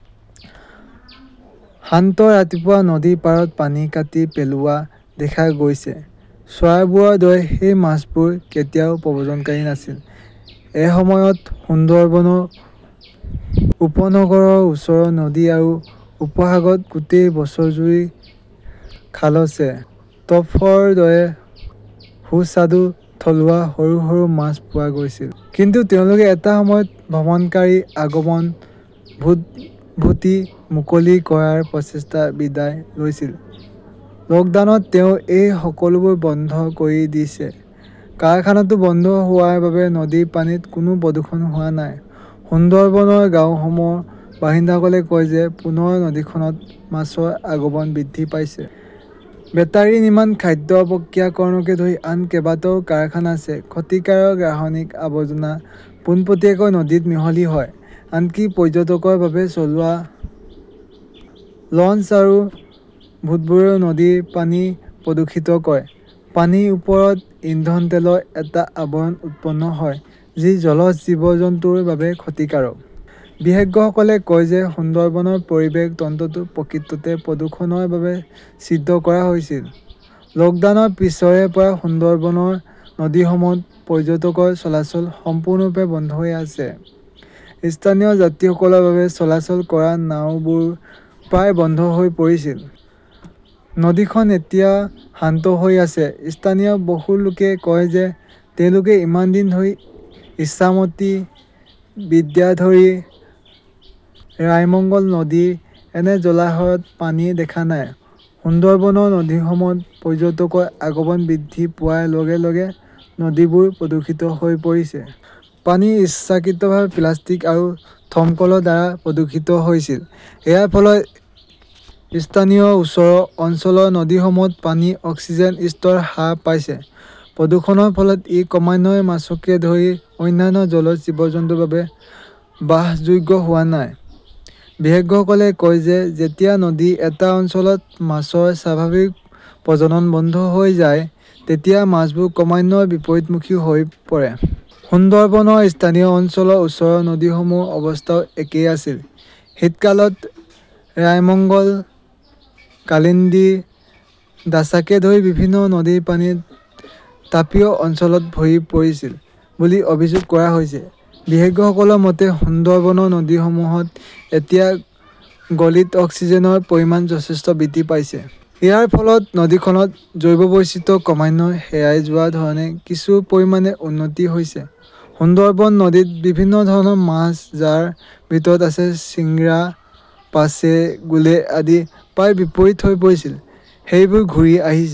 শান্ত ৰাতিপুৱা নদীৰ পাৰত পানী কাটি পেলোৱা দেখা গৈছে। চৰাইবোৰৰ দৰে সেই মাছবোৰ কেতিয়াও প্ৰব্ৰজনকাৰী নাছিল। এসময়ত সুন্দৰবনৰ উপনগৰৰ ওচৰৰ নদী আৰু উপসাগৰত গোটেই বছৰজুৰি খালছে, টপ্সৰ দৰে সুস্বাদু থলুৱা সৰু-সৰু মাছ পোৱা গৈছিল। কিন্তু তেওঁলোকে এটা সময়ত ভ্ৰমণকাৰীৰ আগমন, ভূতভুটি-মুকলি কৰাৰ প্ৰচেষ্টাত বিদায় লৈছিল। লকডাউনত তেওঁ এই সকলোবোৰ বন্ধ কৰি দিছে। কাৰখানাটো বন্ধ হোৱাৰ বাবে নদীৰ পানীত কোনো প্ৰদূষণ হোৱা নাই। সুন্দৰবনৰ গাঁওসমূহ বাসিন্দাসকলে কয় যে পুনৰ নদীখনত মাছৰ আগমন বৃদ্ধি পাইছে। বেটাৰি নিৰ্মাণ, খাদ্য প্ৰক্ৰিয়াকৰণকে ধৰি আন কেইবাটাও কাৰখানা আছে। ক্ষতিকাৰক ৰাসায়নিক আৱৰ্জনা পোনপটীয়াকৈ নদীত মিহলি হয়। আনকি পৰ্যটকৰ বাবে চলোৱা লঞ্চ আৰু ভূতবোৰেও নদীৰ পানী প্ৰদূষিত কৰে। পানীৰ ওপৰত ইন্ধন তেলৰ এটা আৱৰণ উৎপন্ন হয়, যি জলজ জীৱ-জন্তুৰ বাবে ক্ষতিকাৰক। বিশেজ্ঞসকলে কয় যে সুন্দৰবনৰ পৰিৱেশ তন্ত্ৰটো প্ৰকৃততে প্ৰদূষণৰ বাবে ছিদ্ৰ কৰা হৈছিল। লকডাউনত পিছৰে পৰা সুন্দৰবনৰ নদীসমূহত পৰ্যটকৰ চলাচল সম্পূৰ্ণৰূপে বন্ধ হৈ আছে। স্থানীয় যাত্ৰীসকলৰ বাবে চলাচল কৰা নাওবোৰ প্ৰায় বন্ধ হৈ পৰিছিল। নদীখন এতিয়া শান্ত হৈ আছে। স্থানীয় বহু লোকে কয় যে তেওঁলোকে ইমান দিন ধৰি ইছামতী, বিদ্যাধৰী, ৰায়মঙ্গল নদীৰ এনে জলাশয়ত পানী দেখা নাই। সুন্দৰবনৰ নদীসমূহত পৰ্যটকৰ আগমন বৃদ্ধি পোৱাৰ লগে-লগে নদীবোৰ প্ৰদূষিত হৈ পৰিছে। পানী ইচ্ছাকৃতভাৱে প্লাষ্টিক আৰু থৰ্মকলৰ দ্বাৰা প্ৰদূষিত হৈছিল। ইয়াৰ ফলত স্থানীয়য়ৰ ওচৰৰ অঞ্চলৰ নদীসমূহত পানীৰ অক্সিজেনৰ স্তৰ হ্ৰাস পাইছে। প্ৰদূষণৰ ফলত ই ক্ৰমান্বয়ে মাছকে ধৰি অন্যান্য জলজ জীৱ-জন্তুৰ বাবে বাসযোগ্য হোৱা নাই। বিশেজ্ঞসকলে কয় যে যেতিয়া নদী এটা অঞ্চলত মাছৰ স্বাভাৱিক প্ৰজনন বন্ধ হৈ যায়, তেতিয়া মাছবোৰ ক্ৰমান্বয়ে বিপৰীতমুখী হৈ পৰে। সুন্দৰবনৰ স্থানীয় অঞ্চলৰ ওচৰৰ নদীসমূহৰ অৱস্থাও একেই আছিল। শীতকালত ৰায়মঙ্গল, কালিন্দি, দাছাকে ধৰি বিভিন্ন নদীৰ পানী তাপীয় অঞ্চলত ভৰি পৰিছিল বুলি অভিযোগ কৰা হৈছে। বিশেজ্ঞসকলৰ মতে, সুন্দৰবনৰ নদীসমূহত এতিয়া গলিত অক্সিজেনৰ পৰিমাণ যথেষ্ট বৃদ্ধি পাইছে। ইয়াৰ ফলত নদীখনত জৈৱ বৈচিত্ৰ্য ক্ৰমান্বয়ে হেৰাই যোৱাৰ ধৰণে কিছু পৰিমাণে উন্নতি হৈছে। সুন্দৰবন নদীত বিভিন্ন ধৰণৰ মাছ, যাৰ ভিতৰত আছে চিংৰা, পাৰ্চে, গুলে আদি, প্ৰায় বিপৰীত হৈ পৰিছিল। সেইবোৰ ঘূৰি আহিছে।